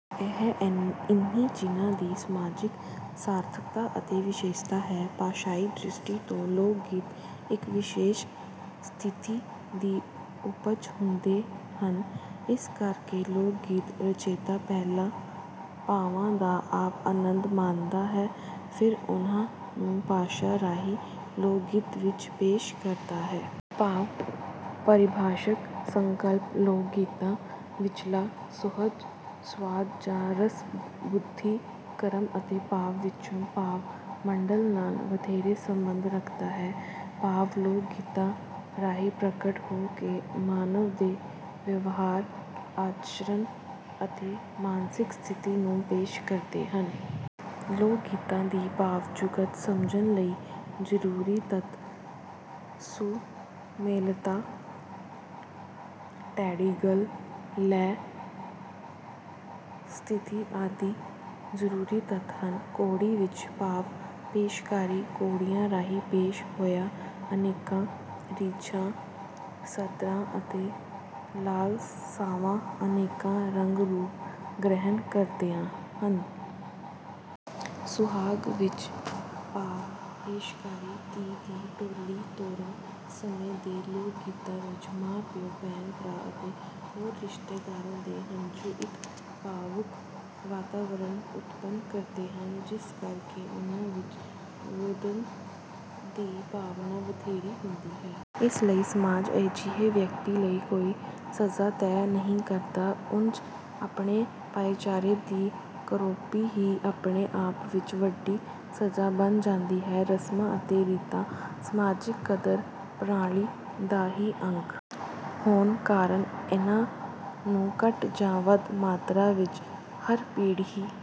ਇਹੀ ਇਨ੍ਹਾਂ ਚਿੰਨ੍ਹਾਂ ਦੀ ਸਮਾਜਿਕ ਸਾਰਥਕਤਾ ਅਤੇ ਵਿਸ਼ੇਸ਼ਤਾ ਹੈ। ਭਾਸ਼ਾਈ ਦ੍ਰਿਸ਼ਟੀ ਤੋਂ ਲੋਕਗੀਤ ਇੱਕ ਵਿਸ਼ੇਸ਼ ਸਥਿਤੀ ਦੀ ਉਪਜ ਹੁੰਦੇ ਹਨ। ਇਸ ਕਰਕੇ ਲੋਕਗੀਤ ਰਚੈਤਾ ਪਹਿਲਾਂ ਭਾਵਾਂ ਦਾ ਆਪ ਆਨੰਦ ਮਾਣਦਾ ਹੈ, ਫਿਰ ਉਨ੍ਹਾਂ ਨੂੰ ਭਾਸ਼ਾ ਰਾਹੀਂ ਲੋਕਗੀਤ ਵਿੱਚ ਪੇਸ਼ ਕਰਦਾ ਹੈ। ਭਾਵ-ਪਰਿਭਾਸ਼ਕ ਸੰਕਲਪ: ਲੋਕਗੀਤਾਂ ਵਿਚਲਾ ਸੁਹਜ, ਸੁਆਦ ਜਾਂ ਰਸ ਬੁੱਧੀ, ਕਰਮ ਅਤੇ ਭਾਵ ਵਿੱਚੋਂ ਭਾਵ-ਮੰਡਲ ਨਾਲ ਵਧੇਰੇ ਸੰਬੰਧ ਰੱਖਦਾ ਹੈ। ਭਾਵ ਲੋਕਗੀਤਾਂ ਰਾਹੀਂ ਪ੍ਰਗਟ ਹੋ ਕੇ ਮਾਨਵ ਦੇ ਵਿਵਹਾਰ, ਆਚਰਨ ਅਤੇ ਮਾਨਸਿਕ ਸਥਿਤੀ ਨੂੰ ਪੇਸ਼ ਕਰਦੇ ਹਨ। ਲੋਕਗੀਤਾਂ ਦੀ ਭਾਵ-ਜੁਗਤ ਸਮਝਣ ਲਈ ਜ਼ਰੂਰੀ ਤੱਤ: ਸੁਮੇਲਤਾ, ਟੇਢੀ ਗੱਲ, ਲੈਅ, ਸਥਿਤੀ ਆਦਿ ਜ਼ਰੂਰੀ ਤੱਤ ਹਨ। ਘੋੜੀ ਵਿੱਚ ਭਾਵ-ਪੇਸ਼ਕਾਰੀ: ਘੋੜੀਆਂ ਰਾਹੀਂ ਪੇਸ਼ ਹੋਈਆਂ ਅਨੇਕਾਂ ਰੀਝਾਂ, ਸੱਧਰਾਂ ਅਤੇ ਲਾਲਸਾਵਾਂ ਅਨੇਕਾਂ ਰੰਗ-ਰੂਪ ਗ੍ਰਹਿਣ ਕਰਦੀਆਂ ਹਨ। ਸੁਹਾਗ ਵਿੱਚ ਭਾਵ-ਪੇਸ਼ਕਾਰੀ: ਧੀ ਦੀ ਡੋਲੀ ਤੁਰਨ ਸਮੇਂ ਦੇ ਲੋਕਗੀਤਾਂ ਵਿੱਚ ਮਾਂ-ਪਿਓ, ਭੈਣ-ਭਰਾ ਅਤੇ ਹੋਰ ਰਿਸ਼ਤੇਦਾਰਾਂ ਦੇ ਹੰਝੂ ਇੱਕ ਭਾਵੁਕ ਵਾਤਾਵਰਣ ਉਤਪੰਨ ਕਰਦੇ ਹਨ, ਜਿਸ ਕਰਕੇ ਇਹਨਾਂ ਵਿੱਚ ਰੁਦਨ ਦੀ ਭਾਵਨਾ ਵਧੇਰੇ ਹੁੰਦੀ ਹੈ। ਇਸ ਲਈ ਸਮਾਜ ਅਜਿਹੇ ਵਿਅਕਤੀ ਲਈ ਕੋਈ ਸਜ਼ਾ ਤੈਅ ਨਹੀਂ ਕਰਦਾ। ਉਂਜ ਆਪਣੇ ਭਾਈਚਾਰੇ ਦੀ ਕਰੋਪੀ ਹੀ ਆਪਣੇ ਆਪ ਵਿੱਚ ਵੱਡੀ ਸਜ਼ਾ ਬਣ ਜਾਂਦੀ ਹੈ। ਰਸਮਾਂ ਅਤੇ ਰੀਤਾਂ ਸਮਾਜਿਕ ਕਦਰ-ਪ੍ਰਣਾਲੀ ਦਾ ਹੀ ਅੰਗ ਹੋਣ ਕਾਰਨ ਇਨ੍ਹਾਂ ਨੂੰ ਘੱਟ ਜਾਂ ਵੱਧ ਮਾਤਰਾ ਵਿੱਚ ਹਰ ਪੀੜ੍ਹੀ